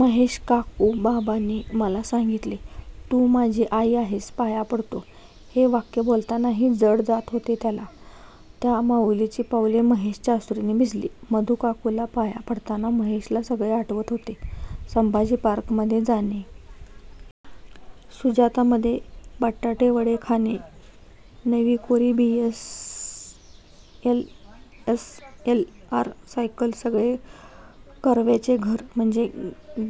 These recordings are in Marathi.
महेश काकू बाबांनी मला सांगीतले. तू माझी आई आहेस. पाया पडतो. हे वाक्य बोलतानाही जड जात होते त्याला! त्या माउलीची पावले महेशच्या अश्रुंनी भिजली. मधूकाकाला पाया पडताना महेशला सगळे आठवत होते. संभाजी पार्कमधे जाणे! सुजातामधे बटाटेवडा खाणे, नवी कोरी B. S. A. S. L. R. Cycle सगळे कर्व्यांचे घर म्हणजे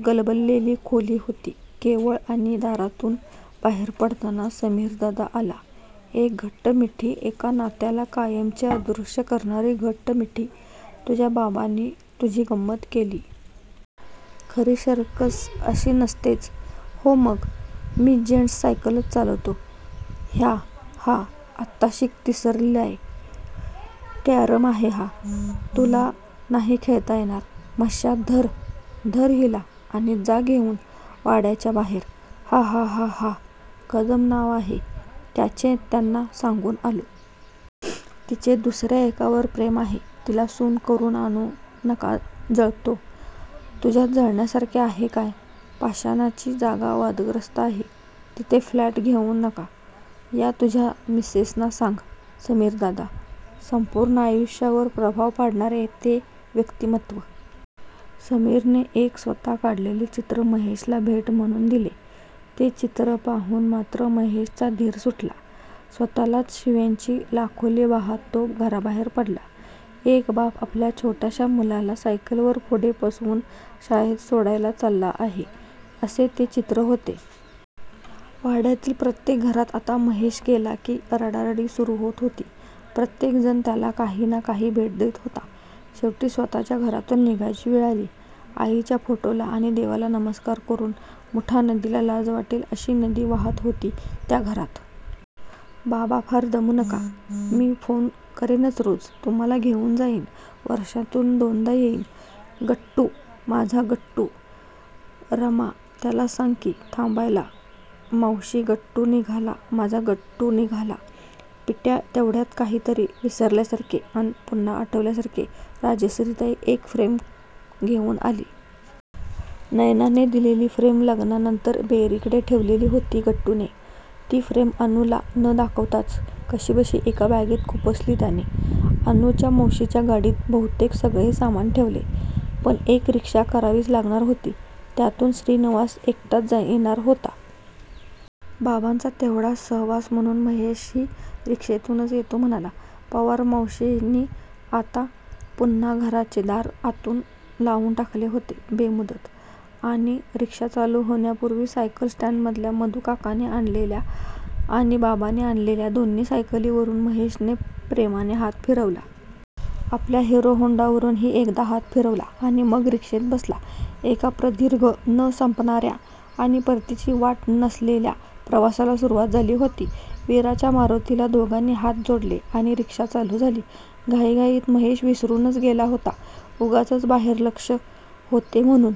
गलबललेली खोली होती केवळ आणि दारातून बाहेर पडताना समीरदादा आला. एक घट्ट मिठी एका नात्याला कायमचे अदृष्य करणारी घट्ट मिठी तुझ्या बाबांनी तुझी गंमत केली. खरी सर्कस अशी नसतेच. हो मग? मी जेन्ट्स सायकलच चालवतो. ह्या हा आत्ताशिक तिसरीलाय. कॅरम आहे हा. तुला नाही खेळता येणार. म्हशा धर. धर हिला आणि जा घेऊन वाड्याच्या बाहेर हा हा हा हा, कदम नाव आहे त्यांचे त्यांना सांगून आलो. तिचे दुसर्या एकावर प्रेम आहे. तिला सून करून आणू नका. जळतो? तुझ्यात जळण्यासारखे आहे काय? पाषाणची जागा वादग्रस्त आहे. तिथे फ्लॅट घेऊ नका. या तुझ्या मिसेसना सांग. समीरदादा! संपूर्ण आयुष्यावर प्रभाव पाडणारे ते व्यक्तीमत्व! समीरने एक स्वतः काढलेले चित्र महेशला भेट म्हणून दिले. ते चित्र पाहून मात्र महेशचा धीर सुटला. स्वतःलाच शिव्यांची लाखोली वाहात तो घराबाहेर पडला. एक बाप आपल्या छोट्याश्या मुलाला सायकलवर पुढे बसवून शाळेत सोडायला चालला आहे असे ते चित्र होते! वाड्यातील प्रत्येक घरात आता महेश गेला की रडारडी सुरू होत होती. प्रत्येक जण त्याला काही ना काही भेट देत होता. शेवटी स्वत:च्या घरातून निघायची वेळ झाली. आईच्या फोटोला आणि देवाला नमस्कार करून मुठा नदीला लाज वाटेल अशी नदी वाहात होती त्या घरात. बाबा फार दमू नका. मी फोन करेनच रोज तुम्हाला घेऊन जाईन. वर्षातून दोनदा येईन. गट्टू माझा गट्टू रमा त्याला सांग की. थांबायला मावशी गट्टू निघाला माझा तुमचा गट्टू निघाला. पिट्या तेवढ्यात काहीतरी विसरल्यासारखे अन पुन्हा आठवल्यासारखे राजश्रीताई एक फ्रेम घेऊन आली. नैनाने दिलेली फ्रेम लग्नानंतर बेरींकडे ठेवलेली होती गट्टूने! ती फ्रेम अनुला न दाखवताच कशीबशी एका बॅगेत खुपसली त्याने! अनुच्या मावशीच्या गाडीत बहुतेक सगळे सामान ठेवले. पण एक रिक्षा करावीच लागणार होती. त्यातून श्रीनिवास एकताच येणार होता. बाबांचा तेवढास सहवास म्हणून महेशही रिक्षेतूनच येतो म्हणाला. पवार मावशींनी आता पुन्हा घराचे दार आतून लावून टाकले होते. बेमुदत! आणि रिक्षा चालू होण्यापुर्वी सायकल स्टॅन्डमधल्या मधूकाकाने आणलेल्या आणि बाबांनी आणलेल्या दोन्ही सायकलींवरून महेशने प्रेमाने हात फिरवला. आपल्या हिरो होंडावरूनही एकदा हात फिरवला आणि मग रिक्षेत बसला. एका प्रदीर्घ, न संपणार्या आणि परतीची वाट नसलेल्या प्रवासाला सुरुवात झाली होती. वीराच्या मारुतीला दोघांनी हात जोडले आणि रिक्षा चालू झाली. घाईघाईत महेश विसरूनच गेला होता. उगाचच बाहेर लक्ष होते म्हणून!